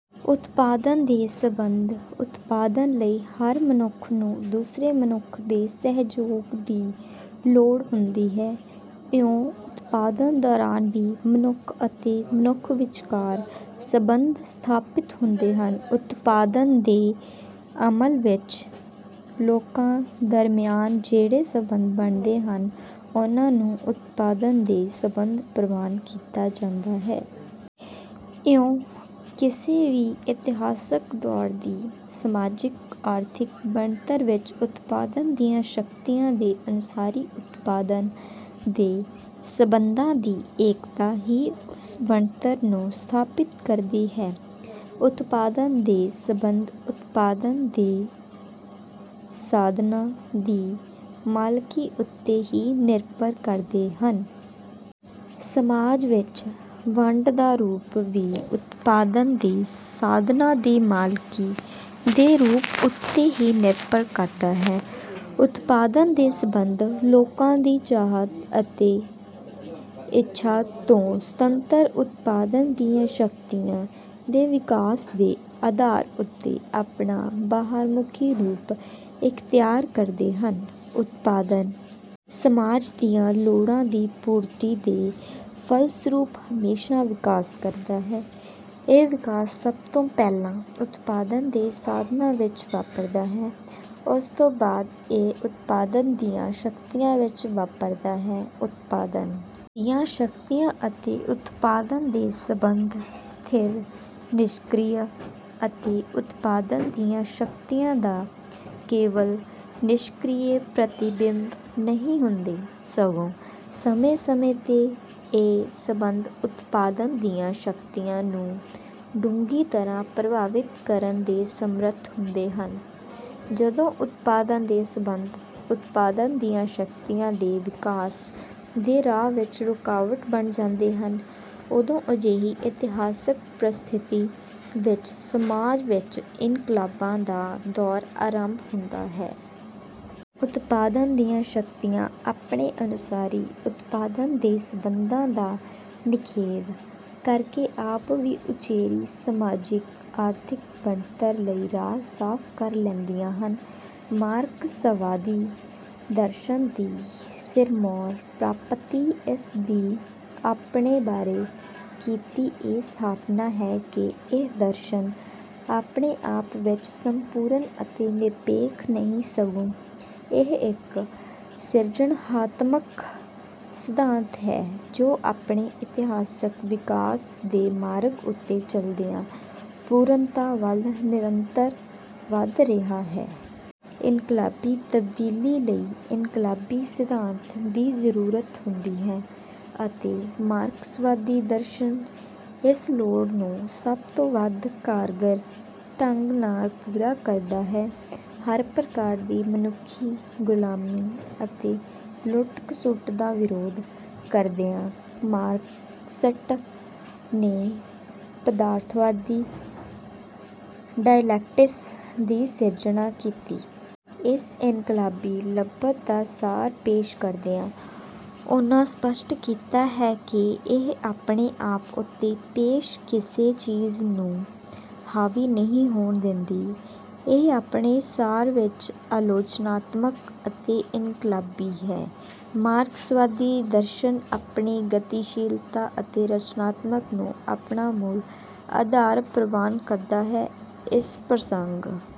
ਉਤਪਾਦਨ ਦੇ ਸੰਬੰਧ ਉਤਪਾਦਨ ਲਈ ਹਰ ਮਨੁੱਖ ਨੂੰ ਦੂਸਰੇ ਮਨੁੱਖ ਦੇ ਸਹਿਯੋਗ ਦੀ ਲੋੜ ਹੁੰਦੀ ਹੈ। ਇਉਂ ਉਤਪਾਦਨ ਦੌਰਾਨ ਵੀ ਮਨੁੱਖ ਅਤੇ ਮਨੁੱਖ ਵਿਚਕਾਰ ਸੰਬੰਧ ਸਥਾਪਿਤ ਹੁੰਦੇ ਹਨ। ਉਤਪਾਦਨ ਦੇ ਅਮਲ ਵਿੱਚ ਲੋਕਾਂ ਦਰਮਿਆਨ ਜਿਹੜੇ ਸੰਬੰਧ ਬਣਦੇ ਹਨ, ਉਨ੍ਹਾਂ ਨੂੰ ਉਤਪਾਦਨ ਦੇ ਸੰਬੰਧ ਪ੍ਰਵਾਨ ਕੀਤਾ ਜਾਂਦਾ ਹੈ। ਇਉਂ ਕਿਸੇ ਵੀ ਇਤਿਹਾਸਕ ਦੌਰ ਦੀ ਸਮਾਜਿਕ-ਆਰਥਿਕ ਬਣਤਰ ਵਿੱਚ ਉਤਪਾਦਨ ਦੀਆਂ ਸ਼ਕਤੀਆਂ ਦੇ ਅਨੁਸਾਰੀ ਉਤਪਾਦਨ ਦੇ ਸੰਬੰਧਾਂ ਦੀ ਏਕਤਾ ਹੀ ਉਸ ਬਣਤਰ ਨੂੰ ਸਥਾਪਿਤ ਕਰਦੀ ਹੈ। ਉਤਪਾਦਨ ਦੇ ਸੰਬੰਧ ਉਤਪਾਦਨ ਦੇ ਸਾਧਨਾਂ ਦੀ ਮਾਲਕੀ ਉੱਤੇ ਹੀ ਨਿਰਭਰ ਕਰਦੇ ਹਨ। ਸਮਾਜ ਵਿੱਚ ਵੰਡ ਦਾ ਰੂਪ ਵੀ ਉਤਪਾਦਨ ਦੇ ਸਾਧਨਾਂ ਦੀ ਮਾਲਕੀ ਦੇ ਰੂਪ ਉੱਤੇ ਹੀ ਨਿਰਭਰ ਕਰਦਾ ਹੈ। ਉਤਪਾਦਨ ਦੇ ਸੰਬੰਧ ਲੋਕਾਂ ਦੀ ਚਾਹਤ ਅਤੇ ਇੱਛਾ ਤੋਂ ਸੁਤੰਤਰ, ਉਤਪਾਦਨ ਦੀਆਂ ਸ਼ਕਤੀਆਂ ਦੇ ਵਿਕਾਸ ਦੇ ਆਧਾਰ ਉੱਤੇ ਆਪਣਾ ਬਾਹਰਮੁਖੀ ਰੂਪ ਇਖ਼ਤਿਆਰ ਕਰਦੇ ਹਨ। ਉਤਪਾਦਨ ਸਮਾਜ ਦੀਆਂ ਲੋੜਾਂ ਦੀ ਪੂਰਤੀ ਦੇ ਫਲਸਰੂਪ ਹਮੇਸ਼ਾ ਵਿਕਾਸ ਕਰਦਾ ਹੈ। ਇਹ ਵਿਕਾਸ ਸਭ ਤੋਂ ਪਹਿਲਾਂ ਉਤਪਾਦਨ ਦੇ ਸਾਧਨਾਂ ਵਿੱਚ ਵਾਪਰਦਾ ਹੈ। ਉਸ ਤੋਂ ਬਾਅਦ ਇਹ ਉਤਪਾਦਨ ਦੀਆਂ ਸ਼ਕਤੀਆਂ ਵਿੱਚ ਵਾਪਰਦਾ ਹੈ। ਉਤਪਾਦਨ ਦੀਆਂ ਸ਼ਕਤੀਆਂ ਅਤੇ ਉਤਪਾਦਨ ਦੇ ਸੰਬੰਧ ਸਥਿਰ, ਨਿਸ਼ਕ੍ਰਿਯ ਅਤੇ ਉਤਪਾਦਨ ਦੀਆਂ ਸ਼ਕਤੀਆਂ ਦਾ ਕੇਵਲ ਨਿਸ਼ਕ੍ਰਿਯ ਪ੍ਰਤਿਬਿੰਬ ਨਹੀਂ ਹੁੰਦੇ, ਸਗੋਂ ਸਮੇਂ-ਸਮੇਂ ’ਤੇ ਇਹ ਸੰਬੰਧ ਉਤਪਾਦਨ ਦੀਆਂ ਸ਼ਕਤੀਆਂ ਨੂੰ ਡੂੰਘੀ ਤਰ੍ਹਾਂ ਪ੍ਰਭਾਵਿਤ ਕਰਨ ਦੇ ਸਮਰੱਥ ਹੁੰਦੇ ਹਨ ਜਦੋਂ ਉਤਪਾਦਨ ਦੇ ਸੰਬੰਧ ਉਤਪਾਦਨ ਦੀਆਂ ਸ਼ਕਤੀਆਂ ਦੇ ਵਿਕਾਸ ਦੇ ਰਾਹ ਵਿੱਚ ਰੁਕਾਵਟ ਬਣ ਜਾਂਦੇ ਹਨ, ਉਦੋਂ ਅਜਿਹੀ ਇਤਿਹਾਸਕ ਪਰਿਸਥਿਤੀ ਵਿੱਚ ਸਮਾਜ ਵਿੱਚ ਇਨਕਲਾਬਾਂ ਦਾ ਦੌਰ ਆਰੰਭ ਹੁੰਦਾ ਹੈ। ਉਤਪਾਦਨ ਦੀਆਂ ਸ਼ਕਤੀਆਂ ਆਪਣੇ ਅਨੁਸਾਰੀ ਉਤਪਾਦਨ ਦੇ ਸੰਬੰਧਾਂ ਦਾ ਨਿਖੇਧ ਕਰਕੇ ਆਪ ਵੀ ਉੱਚੇਰੀ ਸਮਾਜਿਕ-ਆਰਥਿਕ ਬਣਤਰ ਲਈ ਰਾਹ ਸਾਫ਼ ਕਰ ਲੈਂਦੀਆਂ ਹਨ। ਮਾਰਕਸਵਾਦੀ ਦਰਸ਼ਨ ਦੀ ਸਿਰਮੌਰ ਪ੍ਰਾਪਤੀ ਇਸ ਦੀ ਆਪਣੇ ਬਾਰੇ ਕੀਤੀ ਇਹ ਸਥਾਪਨਾ ਹੈ ਕਿ ਇਹ ਦਰਸ਼ਨ ਆਪਣੇ ਆਪ ਵਿੱਚ ਸੰਪੂਰਨ ਅਤੇ ਨਿਰਪੇਖ ਨਹੀਂ, ਸਗੋਂ ਇਹ ਇੱਕ ਸਿਰਜਣਾਤਮਕ ਸਿਧਾਂਤ ਹੈ, ਜੋ ਆਪਣੇ ਇਤਿਹਾਸਕ ਵਿਕਾਸ ਦੇ ਮਾਰਗ ਉੱਤੇ ਚਲਦਿਆਂ ਪੂਰਨਤਾ ਵੱਲ ਨਿਰੰਤਰ ਵਧ ਰਿਹਾ ਹੈ। ਇਨਕਲਾਬੀ ਤਬਦੀਲੀ ਲਈ ਇਨਕਲਾਬੀ ਸਿਧਾਂਤ ਦੀ ਜ਼ਰੂਰਤ ਹੁੰਦੀ ਹੈ ਅਤੇ ਮਾਰਕਸਵਾਦੀ ਦਰਸ਼ਨ ਇਸ ਲੋੜ ਨੂੰ ਸਭ ਤੋਂ ਵੱਧ ਕਾਰਗਰ ਢੰਗ ਨਾਲ ਪੂਰਾ ਕਰਦਾ ਹੈ। ਹਰ ਪ੍ਰਕਾਰ ਦੀ ਮਨੁੱਖੀ ਗੁਲਾਮੀ ਅਤੇ ਲੁੱਟ-ਖਸੁੱਟ ਦਾ ਵਿਰੋਧ ਕਰਦਿਆਂ ਮਾਰਕਸ ਨੇ ਪਦਾਰਥਵਾਦੀ ਡਾਇਲੈਕਟਿਕਸ ਦੀ ਸਿਰਜਣਾ ਕੀਤੀ। ਇਸ ਇਨਕਲਾਬੀ ਲੱਭਤ ਦਾ ਸਾਰ ਪੇਸ਼ ਕਰਦਿਆਂ ਉਨ੍ਹਾਂ ਸਪੱਸ਼ਟ ਕੀਤਾ ਹੈ ਕਿ, “ਇਹ ਆਪਣੇ ਆਪ ਉੱਤੇ ਪੇਸ਼ ਕਿਸੇ ਚੀਜ਼ ਨੂੰ ਹਾਵੀ ਨਹੀਂ ਹੋਣ ਦਿੰਦੀ; ਇਹ ਆਪਣੇ ਸਾਰ ਵਿੱਚ ਆਲੋਚਨਾਤਮਕ ਅਤੇ ਇਨਕਲਾਬੀ ਹੈ।”ਮਾਰਕਸਵਾਦੀ ਦਰਸ਼ਨ ਆਪਣੀ ਗਤੀਸ਼ੀਲਤਾ ਅਤੇ ਰਚਨਾਤਮਕਤਾ ਨੂੰ ਆਪਣਾ ਮੂਲ ਆਧਾਰ ਪ੍ਰਵਾਨ ਕਰਦਾ ਹੈ। ਇਸ ਪ੍ਰਸੰਗ…